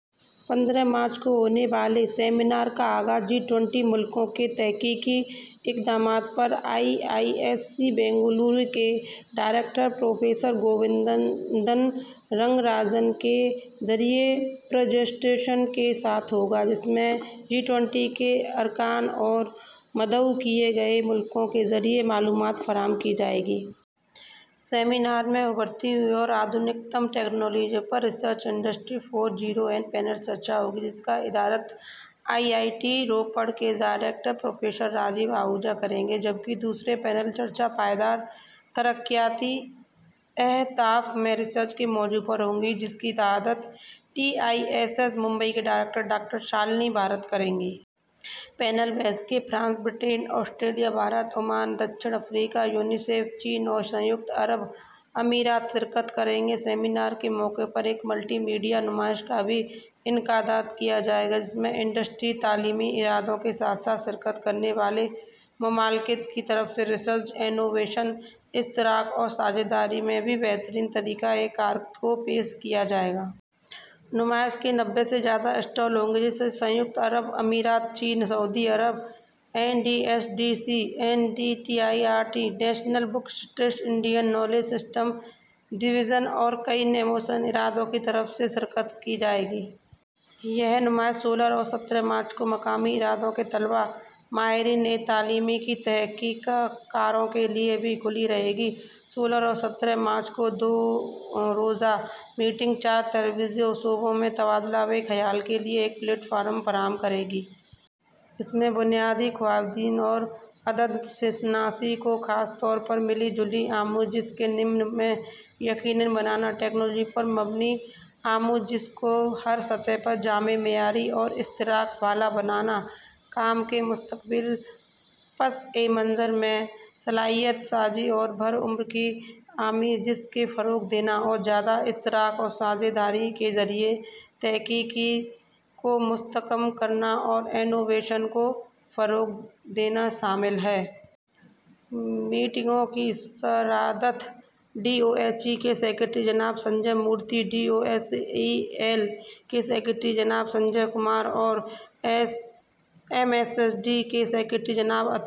پندرہ مارچ کو ہونے والے سیمینار کا آغاز جی ٹوئنٹی ملکوں میں تحقیقی اقدامات پر آئی آئی ایس سی بینگلورو کے ڈائریکٹر پروفیسر گووندن رنگا راجن کے ذریعے پریزنٹیشن کے ساتھ ہوگا، جس میں جی ٹوئنٹی کے ارکان اور مدعو کیے گئے ملکوں کے ذریعے معلومات فراہم کی جائے گی۔ سیمینار میں ابھرتی ہوئی اور جدید ترین ٹیکنالوجی پر تحقیق، انڈسٹری فور پوائنٹ زیرو پر پینل مباحثہ ہوگا، جس کی صدارت آئی آئی ٹی روپڑ کے ڈائریکٹر پروفیسر راجیو آہوجہ کریں گے، جبکہ دوسرا پینل مباحثہ پائیدار ترقیاتی اہداف میں تحقیق کے موضوع پر ہوگا، جس کی صدارت T I S S Mumbai کی ڈائریکٹر ڈاکٹر شالنی بھارت کریں گی۔ پینل مباحثے میں فرانس، برطانیہ، آسٹریلیا، بھارت، عمان، جنوبی افریقہ، یونیسیف، چین اور متحدہ عرب امارات شرکت کریں گے۔ سیمینار کے موقع پر ایک ملٹی میڈیا نمائش کا بھی انعقاد کیا جائے گا، جس میں صنعت، تعلیمی اداروں کے ساتھ ساتھ شرکت کرنے والے ملکوں کے ذریعے تحقیق، جدت طرازی، اشتراک اور ساجھیداری میں بہترین طریقہ کار کو پیش کیا جائے گا۔ نمائش میں نوّے سے زیادہ اسٹال ہوں گے، جس میں متحدہ عرب امارات، چین، سعودی عرب، N S D C, N C E R T, National Book Trust, Indian Knowledge System Division اور کئی جدت طرازی کے ادارے شرکت کریں گے۔ یہ نمائش سولہ اور سترہ مارچ کو مقامی اداروں، طلباء، ماہرین تعلیم اور تحقیق کاروں کے لیے بھی کھلی رہے گی۔ سولہ اور سترہ مارچ کو دو روزہ میٹنگ چار ترجیحی شعبوں میں تبادلہ خیال کے لیے ایک پلیٹ فارم فراہم کرے گی۔ ان میں بنیادی خواندگی اور عدد شناسی کو، خاص طور پر ملی جلی آموزش کے ضمن میں یقینی بنانا، تکنیک پر مبنی آموزش کو ہر سطح پر جامع، معیاری اور اشتراک والا بنانا، کام کے مستقبل کے پس منظر میں صلاحیت سازی اور عمر بھر کی آموزش کو فروغ دینا، اور زیادہ اشتراک و ساجھیداری کے ذریعے تحقیق کو مستحکم کرنا اور جدت طرازی کو فروغ دینا شامل ہیں۔ میٹنگوں کی صدارت ڈی او ایچ ای کے سکریٹری جناب Sanjay Murthy, D O S E L کے سکریٹری جناب سنجے کمار اور ایم ایس ڈی ای کے سکریٹری جناب اتل